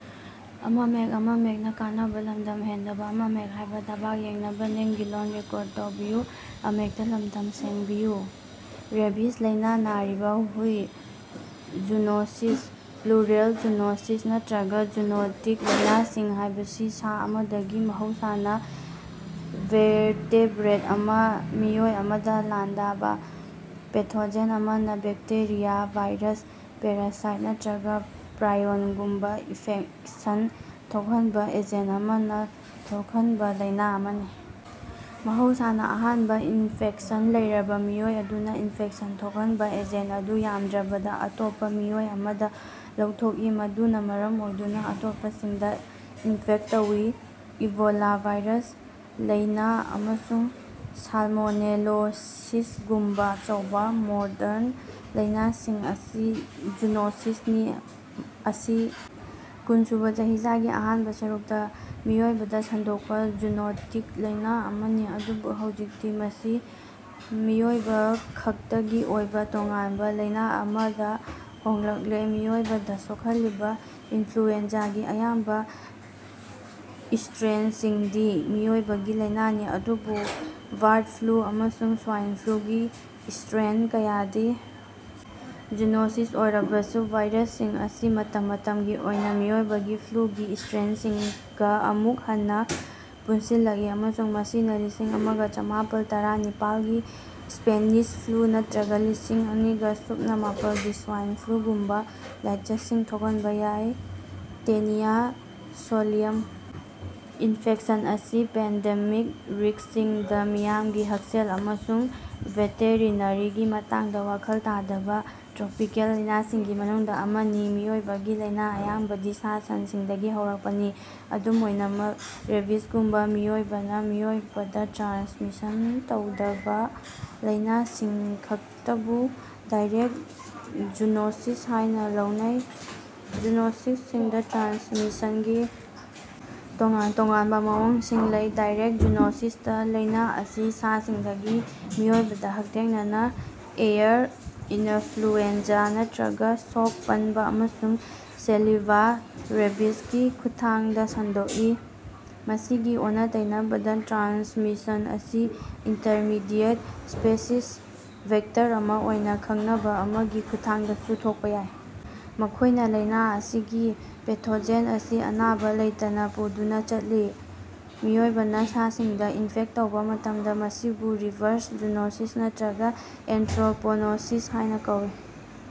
Rabies ꯂꯩꯅꯥ ꯅꯥꯔꯤꯕ ꯍꯨꯢ ꯖꯨꯅꯣꯁꯤꯁ (ꯄ꯭ꯂꯨꯔꯦꯜ ꯖꯨꯅꯣꯁꯤꯁ, ꯅꯠꯇ꯭ꯔꯒ ꯖꯨꯅꯣꯇꯤꯛ ꯂꯩꯅꯥꯁꯤꯡ) ꯍꯥꯏꯕꯁꯤ ꯁꯥ ꯑꯃꯗꯒꯤ (ꯃꯍꯧꯁꯥꯅ ꯚꯦꯔꯇꯦꯕ꯭ꯔꯦꯠ ꯑꯃ) ꯃꯤꯑꯣꯏ ꯑꯃꯗ ꯂꯥꯟꯗꯥꯕ ꯄꯦꯊꯣꯖꯦꯟ ꯑꯃꯅ ꯕꯦꯛꯇꯦꯔꯤꯌꯥ, ꯚꯥꯏꯔꯁ, ꯄꯦꯔꯥꯁꯥꯏꯠ ꯅꯠꯇ꯭ꯔꯒ ꯄ꯭ꯔꯥꯏꯑꯣꯟꯒꯨꯝꯕꯥ ꯏꯐꯦꯛꯁꯟ ꯊꯣꯛꯍꯟꯕ ꯑꯦꯖꯦꯟ ꯑꯃꯅ ꯊꯣꯛꯍꯟꯕ ꯂꯩꯅꯥ ꯑꯃꯅꯤ꯫ ꯃꯍꯧꯁꯥꯅꯥ, ꯑꯍꯥꯟꯕ ꯏꯟꯐꯦꯛꯁꯟ ꯂꯩꯔꯕ ꯃꯤꯑꯣꯏ ꯑꯗꯨꯅ ꯏꯟꯐꯦꯛꯁꯟ ꯊꯣꯛꯍꯟꯕ ꯑꯦꯖꯦꯟ ꯑꯗꯨ ꯌꯥꯝꯗ꯭ꯔꯕꯗ ꯑꯇꯣꯞꯄꯥ ꯃꯤꯑꯣꯏ ꯑꯃꯗ ꯂꯧꯊꯣꯛꯏ, ꯃꯗꯨꯅ ꯥ ꯃꯔꯝ ꯑꯣꯏꯗꯨꯅ ꯑꯇꯣꯞꯄꯁꯤꯡꯗ ꯏꯟꯐꯦꯛ ꯇꯧꯏ꯫ ꯏꯕꯣꯂꯥ ꯚꯥꯏꯔꯁ ꯂꯩꯅꯥ ꯑꯃꯁꯨꯡ ꯁꯥꯜꯃꯣꯅꯦꯂꯣꯁꯤꯁꯒꯨꯝꯕ ꯑꯆꯧꯕꯥ ꯃꯣꯗ꯭ꯔꯟ ꯂꯩꯅꯥꯁꯤꯡ ꯑꯁꯤ ꯖꯨꯅꯣꯁꯤꯁꯅꯤ꯫ ꯑꯁꯤ ꯀꯨꯟꯁꯨꯕꯥ ꯆꯍꯤꯆꯥꯒꯤ ꯑꯍꯥꯟꯕ ꯁꯔꯨꯛꯇꯥ ꯃꯤꯑꯣꯏꯕꯗ ꯁꯟꯗꯣꯛꯄ ꯖꯨꯅꯣꯇꯤꯛ ꯂꯩꯅꯥ ꯑꯃꯅꯤ, ꯑꯗꯨꯕꯨ ꯍꯧꯖꯤꯛꯇꯤ ꯃꯁꯤ ꯃꯤꯑꯣꯏꯕꯈꯛꯇꯒꯤ ꯑꯣꯏꯕ ꯇꯣꯉꯥꯟꯕ ꯂꯩꯅꯥ ꯑꯃꯗ ꯍꯣꯡꯂꯛꯂꯦ꯫ ꯃꯤꯑꯣꯏꯕꯗ ꯁꯣꯛꯍꯜꯂꯤꯕ ꯏꯟꯐ꯭ꯂꯨꯑꯦꯟꯖꯥꯒꯤ ꯑꯌꯥꯝꯕ ꯏꯁꯇ꯭ꯔꯦꯟꯁꯤꯡꯗꯤ ꯃꯤꯑꯣꯏꯕꯒꯤ ꯂꯩꯅꯥꯅꯤ, ꯑꯗꯨꯕꯨ ꯕꯥꯔꯠ ꯐ꯭ꯂꯨ ꯑꯃꯁꯨꯡ ꯁ꯭ꯋꯥꯏꯟ ꯐ꯭ꯂꯨꯒꯤ ꯏꯁꯇ꯭ꯔꯦꯟ ꯀꯌꯥꯗꯤ ꯖꯨꯅꯣꯁꯤꯁ ꯑꯣꯏꯔꯕꯁꯨ ꯚꯥꯏꯔꯁꯁꯤꯡ ꯑꯁꯤ ꯃꯇꯝ ꯃꯇꯝꯒꯤ ꯑꯣꯏꯅ ꯃꯤꯑꯣꯏꯕꯒꯤ ꯐ꯭ꯂꯨꯒꯤ ꯏꯁꯇ꯭ꯔꯦꯟꯁꯤꯡꯒ ꯑꯃꯨꯛ ꯍꯟꯅꯥ ꯄꯨꯟꯁꯤꯜꯂꯛꯏ ꯑꯃꯁꯨꯡ ꯃꯁꯤꯅꯥ ꯂꯤꯁꯤꯡ ꯑꯃꯒꯥ ꯆꯃꯥꯄꯜ ꯇꯔꯥꯅꯤꯄꯥꯜꯒꯤ ꯁ꯭ꯄꯦꯅꯤꯁ ꯐ꯭ꯂꯨ ꯅꯠꯇ꯭ꯔꯒ ꯂꯤꯁꯤꯡ ꯑꯅꯤꯒꯥ ꯁꯨꯞꯅꯥ ꯃꯥꯄꯜꯒꯤ ꯁ꯭ꯋꯥꯏꯟ ꯐ꯭ꯂꯨꯒꯨꯝꯕꯥ ꯂꯥꯏꯆꯠꯁꯤꯡ ꯊꯣꯛꯍꯟꯕ ꯌꯥꯏ꯫ ꯇꯦꯅꯤꯌꯥ ꯁꯣꯂꯤꯌꯝ ꯏꯟꯐꯦꯛꯁꯟ ꯑꯁꯤ ꯄꯦꯟꯗꯦꯃꯤꯛ ꯔꯤꯛꯁꯁꯤꯡꯗꯥ ꯃꯤꯌꯥꯝꯒꯤ ꯍꯛꯁꯦꯜ ꯑꯃꯁꯨꯡ ꯚꯦꯇꯦꯔꯤꯅꯥꯔꯤꯒꯤ ꯃꯇꯥꯡꯗ ꯋꯥꯈꯜ ꯇꯥꯗꯕ ꯇ꯭ꯔꯣꯄꯤꯀꯦꯜ ꯂꯩꯅꯥꯁꯤꯡꯒꯤ ꯃꯅꯨꯡꯗ ꯑꯃꯅꯤ꯫ ꯃꯤꯑꯣꯏꯕꯒꯤ ꯂꯩꯅꯥ ꯑꯌꯥꯝꯕꯗꯤ ꯁꯥ-ꯁꯟꯁꯤꯡꯗꯒꯤ ꯍꯧꯔꯛꯄꯅꯤ, ꯑꯗꯨꯝ ꯑꯣꯏꯅꯃꯛ ꯔꯦꯕꯤꯖꯒꯨꯝꯕꯥ ꯃꯤꯑꯣꯏꯕꯅ ꯃꯤꯑꯣꯏꯕꯗ ꯇ꯭ꯔꯥꯟꯁꯃꯤꯁꯟ ꯇꯧꯗꯕꯥ ꯂꯩꯅꯥꯁꯤꯡꯈꯛꯇꯕꯨ ꯗꯥꯏꯔꯦꯛ ꯖꯨꯅꯣꯁꯤꯁ ꯍꯥꯏꯅ ꯂꯧꯅꯩ꯫ ꯖꯨꯅꯣꯁꯁꯤꯡꯗꯥ ꯇ꯭ꯔꯥꯟꯁꯃꯤꯁꯟꯒꯤ ꯇꯣꯉꯥꯟ-ꯇꯣꯉꯥꯟꯕ ꯃꯑꯣꯡꯁꯤꯡ ꯂꯩ꯫ ꯗꯥꯏꯔꯦꯛ ꯖꯨꯅꯣꯁꯤꯁꯇꯥ ꯂꯩꯅꯥ ꯑꯁꯤ ꯁꯥꯁꯤꯡꯗꯒꯤ ꯃꯤꯑꯣꯏꯕꯗ ꯍꯛꯊꯦꯡꯅꯅꯥ ꯑꯦꯌꯔ (ꯏꯅꯥꯐ꯭ꯂꯨꯑꯦꯟꯖꯥ) ꯅꯠꯇ꯭ꯔꯒ ꯁꯣꯛ-ꯄꯟꯕꯥ ꯑꯃꯁꯨꯡ ꯁꯦꯂꯤꯚꯥ (ꯔꯦꯕꯤꯖ)ꯒꯤ ꯈꯨꯠꯊꯥꯡꯗ ꯁꯟꯗꯣꯛꯏ꯫ ꯃꯁꯤꯒꯤ ꯑꯣꯟꯅ-ꯇꯩꯅꯕꯗꯥ, ꯇ꯭ꯔꯥꯟꯁꯃꯤꯁꯟ ꯑꯁꯤ ꯏꯟꯇꯔꯃꯤꯗꯤꯑꯦꯠ ꯁ꯭ꯄꯦꯁꯤꯁ (ꯚꯦꯛꯇꯔ ꯑꯃ ꯑꯣꯡꯅ ꯈꯪꯅꯕ) ꯑꯃꯒꯤ ꯈꯨꯠꯊꯥꯡꯗꯁꯨ ꯊꯣꯛꯄ ꯌꯥꯏ, ꯃꯈꯣꯏꯅ ꯂꯩꯅꯥ ꯑꯁꯤꯒꯤ ꯄꯦꯊꯣꯖꯦꯟ ꯑꯁꯤ ꯑꯅꯥꯕ ꯂꯩꯇꯅꯥ ꯄꯨꯗꯨꯅꯥ ꯆꯠꯂꯤ꯫ ꯃꯤꯑꯣꯏꯕꯅ ꯁꯥꯁꯤꯡꯗ ꯏꯟꯐꯦꯛ ꯇꯧꯕ ꯃꯇꯝꯗ, ꯃꯁꯤꯕꯨ ꯔꯤꯚꯔꯁ ꯖꯨꯅꯣꯁꯤꯁ ꯅꯠꯇ꯭ꯔꯒ ꯑꯦꯟꯊ꯭ꯔꯣꯄꯣꯅꯣꯁꯤꯁ ꯍꯥꯏꯅ ꯀꯧꯏ꯫